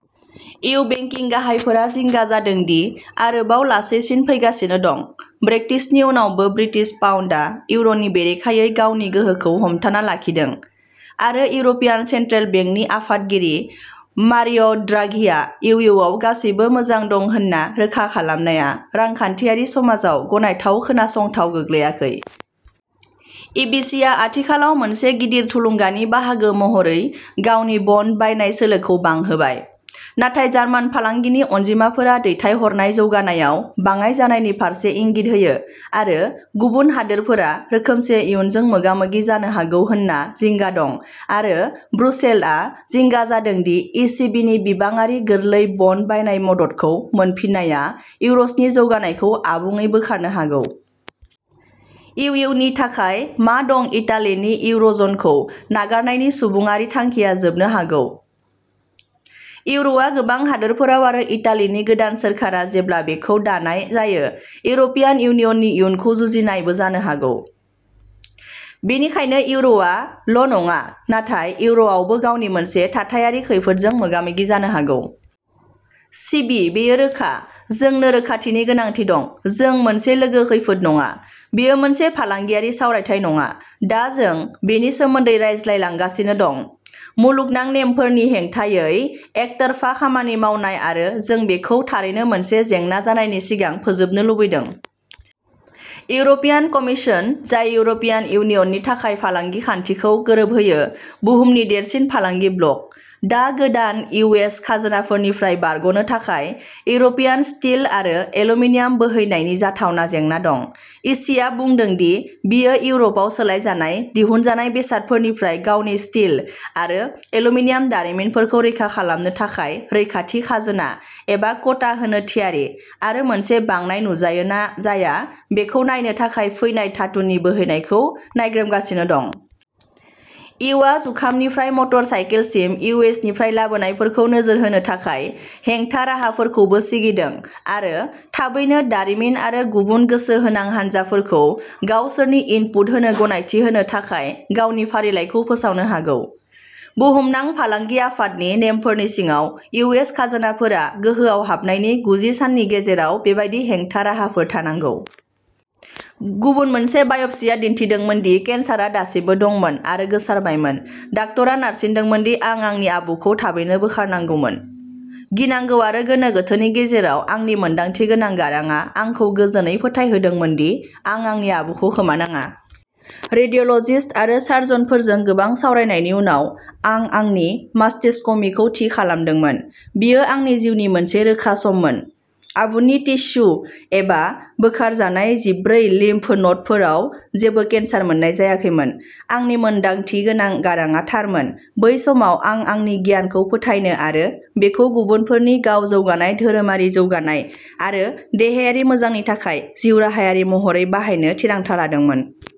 U बेंकिं गाहायफोरा जिंगा जादों दि आरोबाव लासैसिन फैगासिनो दं। ब्रेक्सिटनि उनावबो ब्रिटिश पाउन्दआ इउर'नि बेरेखायै गावनि गोहोखौ हमथाना लाखिदों आरो इउर'पियान सेन्ट्रेल बेंकनि आफादगिरि मारिय'द्राघिआ इउ इउ आव गासैबो मोजां दं होन्ना रोखा खालामनाया रांखान्थियारि समाजाव गनायथाव खोनासङाव गोग्लैयाखै। इ सि बि आ आथिखालाव मोनसे गिदिर थुलुंगानि बाहागो महरै गावनि बन्ड बायनाय सोलोखौ बांहोबाय। नाथाय जार्मान फालांगिनि अनजिमाफोरा दैथायहरनाय जौगानायाव बाङाइ जानायनि फारसे इंगित होयो आरो गुबुन हादोरफोरा रोखोमसे इयुनजों मोगा मोगि जानो हागौ होनना जिंगा दं आरो ब्रुसेल्सआ जिंगा जादों दि इ सि बि नि बिबांआरि गोरलै बन्ड बायनाय मददखौ मोनफिननाया इउरज'ननि जौगानायखौ आबुङै बोखारनो हागौ। इउ इउ नि थाखाय मा दं इटालिनि इउरज'नखौ नागारनायनि सुबुंआरि थांखिया जोबनो हागौ। इउर'आ गोबां हादोरफोराव आरो इटालिनि गोदान सोरखारा जेब्ला बेखौ दानाय जायो इउर'पियान इउनियननि इयुनखौ जुजिनायावबो हागौ। बेनिखायनो इउर'आ ल'नङा नाथाय इउर'आबो गावनो मोनसे थाथायारि खैफोदजों मोगा मोगि जानो हागौ। सि बि बेयो रोखा। जोंनो रोखाथिनि गोनांथि दं। जों मोनसे लोगो खैफोद नङा। बेयो मोनसे फालांगियारि सावरायथाय नङा। दा जों बेनि सोमोन्दै रायज्लांगासिनो दं। मुलुगनां नेमफोरनि हेंथायै एकतरफा खामानि मावनाय आरो जों बेखौ थारैनो मोनसे जेंना जानायनि सिगां फोजोबनो लुबैदों। इउर'पियान कमिसन जाय इउर'पियान इउनियननि थाखाय फालांगि खान्थिखौ गोरोबहोयो बुहुमनि देरसिन फालांगि ब्लक। दा गोदान इउएस खाजोनाफोरनिफ्राय बारगनो थाखाय इउर'पआव स्टिल आरो एल्युमिनियाम बोहैनायनि जाथावना जेंना दं। इसिआ बुंदों दि बियो इउर'पआव सोलायजानाय दिहुनजानाय बेसादफोरनिफ्राय गावनि स्टिल आरो एल्युमिनियाम दारिमिनफोरखौ रैखा खालामनो थाखाय रैखाथि खाजोना एबा कोटा होनो थियारि आरो मोनसे बांनाय नुजायो ना जाया बेखौ नायनो थाखाय फैनाय धातुनि बोहैनायखौ नायग्रोमगासिनो दं। इउआ जुखामनिफ्राय मटरसाइकेलसिम इउएसनिफ्राय लाबोनायफोरखौ नोजोर होनो थाखाय हेंथा-राहाफोरखौबो सिगिदों आरो थाबैनो दारिमिन आरो गुबुन गोसो गोनां हानजाफोरखौ गावसोरनि इनपुट होनो गनायथि होनो थाखाय गावनि फारिलाइखौ फोसावनो हागौ। बुहुमनां फालांगि आफादनि नेमफोरनि सिङाव इउएस खाजोनाफोरा गोहोआव हाबनायनि गुजि साननि गेजेराव बेबादि हेंथा राहाफोर थानांगौ। गुबुन मोनसे बाय'प्सीआ दिन्थिदोंमोन दि केन्सारआ दासिमबो दंमोन आरो गोसारबायमोन। डाक्टरा नारसिनदोंमोन दि आं आंनि आबुखौ थाबैनो बोखारनांगौ। गिनांगौ आरो गोनो गोथोनि गेजेराव आंनि मोनदांथि गोनां गारांआ आंखौ गोजोनै फोथायहोदोंमोन दि आं आंनि आबुखौ खोमानाङा। रेडिय'ल'जिस्ट आरो सार्जनफोरजों गोबां सावरायनायनि उनाव आं आंनि मास्टेक्ट'मीखौ थि खालामदोंमोन। बेयो आंनि जिउनि मोनसे रोखा सममोन। आबुनि टिस्यु एबा बोखारजानाय जिब्रै लिम्फ न'डफोराव जेबो केन्सार मोन्नाय जायाखैमोन। आंनि मोनदांथि गोनां गारांआ थारमोन बै समाव आं आंनि गियान खौ फोथायनो आरो बेखौ गुबुनफोरनि गाव जौगानाय धोरोमारि जौगानाय आरो देहायारि मोजांनि थाखाय जिउराहायारि महरै बाहायनो थिरांथा लादोंमोन।